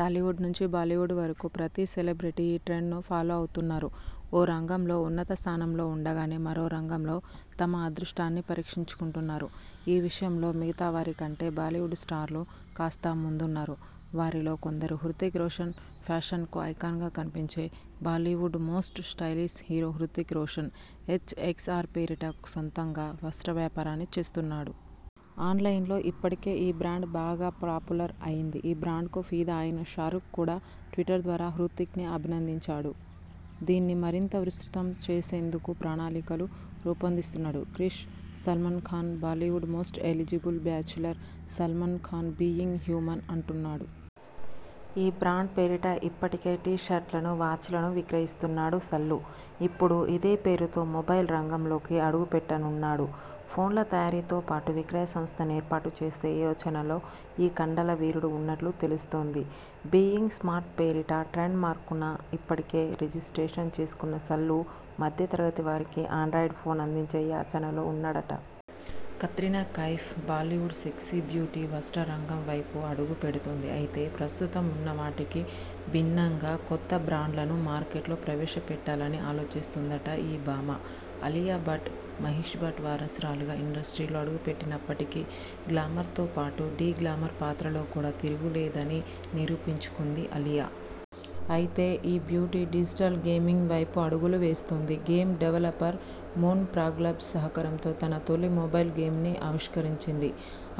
టాలీవుడ్ నుంచి బాలీవుడ్ వరకు ప్రతి సెలెబ్రిటీ ఈ ట్రెండ్ను ఫాలో అవుతున్నారు. ఓ రంగంలో ఉన్నత స్థానంలో ఉండగానే మరో రంగంలో తమ అదృష్టాన్ని పరీక్షించుకుంటున్నారు. ఈ విషయంలో మిగతా వారి కంటే బాలీవుడ్ స్టార్లు కాస్త ముందున్నారు. వారిలో కొందరు హృతిక్ రోషన్: ఫ్యాషన్కు ఐకాన్గా కనిపించే Bollywood most stylish hero Hrithik Roshan 'H X R' పేరిట సొంతంగా వస్త్ర వ్యాపారాన్ని చేస్తున్నాడు. ఆన్లైన్లో ఇప్పటికే ఈ బ్రాండ్ బాగా పాపులర్ అయింది. ఈ బ్రాండ్కు ఫిదా అయిన షారుఖ్ కూడా ట్విట్టర్ ద్వారా హృతిక్ని అభినందించాడు. దీన్ని మరింత విస్తృతం చేసేందుకు ప్రణాళికలు రూపొందిస్తున్నాడు 'Krrish'. Salman Khan: Bollywood most eligible bachelor Salman Khan 'Being Human' అంటున్నాడు. ఈ బ్రాండ్ పేరిటి ఇప్పటికే టీ-షర్టులను, వాచ్లను విక్రయిస్తున్నాడు సల్లూ. ఇప్పుడు ఇదే పేరుతో మొబైల్ రంగంలోకి అడుగుపెట్టనున్నాడు. ఫోన్ల తయారీతో పాటు విక్రయ సంస్థను ఏర్పాటు చేసే యోచనలో ఈ కండలవీరుడు ఉన్నట్లు తెలుస్తోంది. 'బీయింగ్ స్మార్ట్' పేరిట ట్రేడ్ మార్క్ను ఇప్పటికే రిజిస్ట్రేషన్ చేసుకున్న సల్లూ మధ్యతరగతి వారికి ఆండ్రాయిడ్ ఫోన్ అందించే యచనలో ఉన్నాడట. కత్రినా కైఫ్: బాలీవుడ్ సెక్సీబ్యూటీ వస్త్ర రంగంవైపు అడుగు పెడుతోంది. అయితే ప్రస్తుతం ఉన్నవాటికి భిన్నంగా కొత్త బ్రాండ్లను మార్కెట్లో ప్రవేశపెట్టాలని ఆలోచిస్తోందట ఈ భామ. అలియా భట్: మహేష్ భట్ వారసురాలిగా ఇండస్ట్రీలో అడుగుపెట్టినప్పటికీ గ్లమర్తో పాటు డీగ్లామర్ పాత్రల్లో కూడా తిరుగులేదని నిరూపించుకుంది అలియా. అయితే ఈ బ్యూటీ డిజిటల్ గేమింగ్ వైపు అడుగులు వేస్తోంది. గేమ్ డెవలపర్ మూన్ ఫ్రాగ్లాబ్స్ సహకారంతో తన తొలి మొబైల్ గేమ్ని ఆవిష్కరించింది.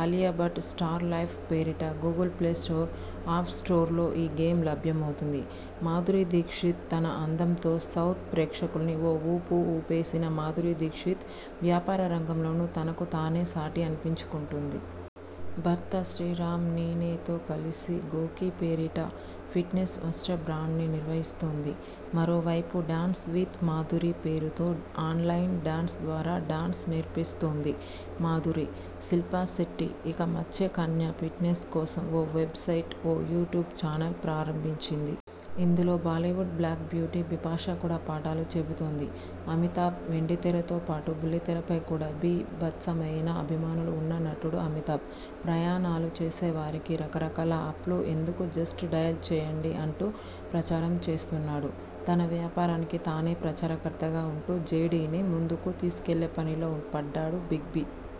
'అలియా భట్ స్టార్ లైఫ్' పేరిట గూగుల్ ప్లేస్టోర్, ఆప్ స్టోర్లో ఈ గేమ్ లభ్యమవుతుంది. మాధురీ దీక్షిత్: తన అందంతో సౌత్ ప్రేక్షకులని ఓ ఊపు ఊపేసిన మాధురీ దీక్షిత్ వ్యాపార రంగంలోనూ తనకు తానే సాటి అనిపించుకుంటుంది. భర్త శ్రీరామ్ నీనేతో కలిసి గోకీ పేరిట ఫిట్నెస్ వస్త్ర బ్రాండ్ను నిర్వహిస్తుంది. మరోవైపు 'డాన్స్ విత్ మాధురీ' పేరుతో ఆన్లైన్ డాన్స్ ద్వారా డాన్స్ నేర్పిస్తోంది మాధురీ. శిల్పా శెట్టి: ఇక మత్స్యకన్య ఫిట్నెస్ కోసం ఓ వెబ్సైట్, ఓ యూట్యూబ్ చానల్ ప్రారంభించింది. ఇందులో బాలీవుడ్ బ్లాక్బ్యూటీ బిపాశా కూడా పాఠాలు చెబుతోంది. అమితాబ్: వెండితెరతో పాటు బుల్లితెరపై కూడా 'బీ'భత్సమైన అభిమానులు ఉన్న నటుడు అమితాబ్. ప్రయాణాలు చేసేవారికి రకరకాల ఆప్లు ఎందుకు జస్ట్ డయల్ చేయండి అంటూ ప్రచారం చేస్తున్నాడు. తన వ్యాపారాకి తనే ప్రచారకర్తగా ఉంటూ 'జేడీ'ని ముందుకు తీసుకెళ్లే పనిలో పడ్డాడు బిగ్బి.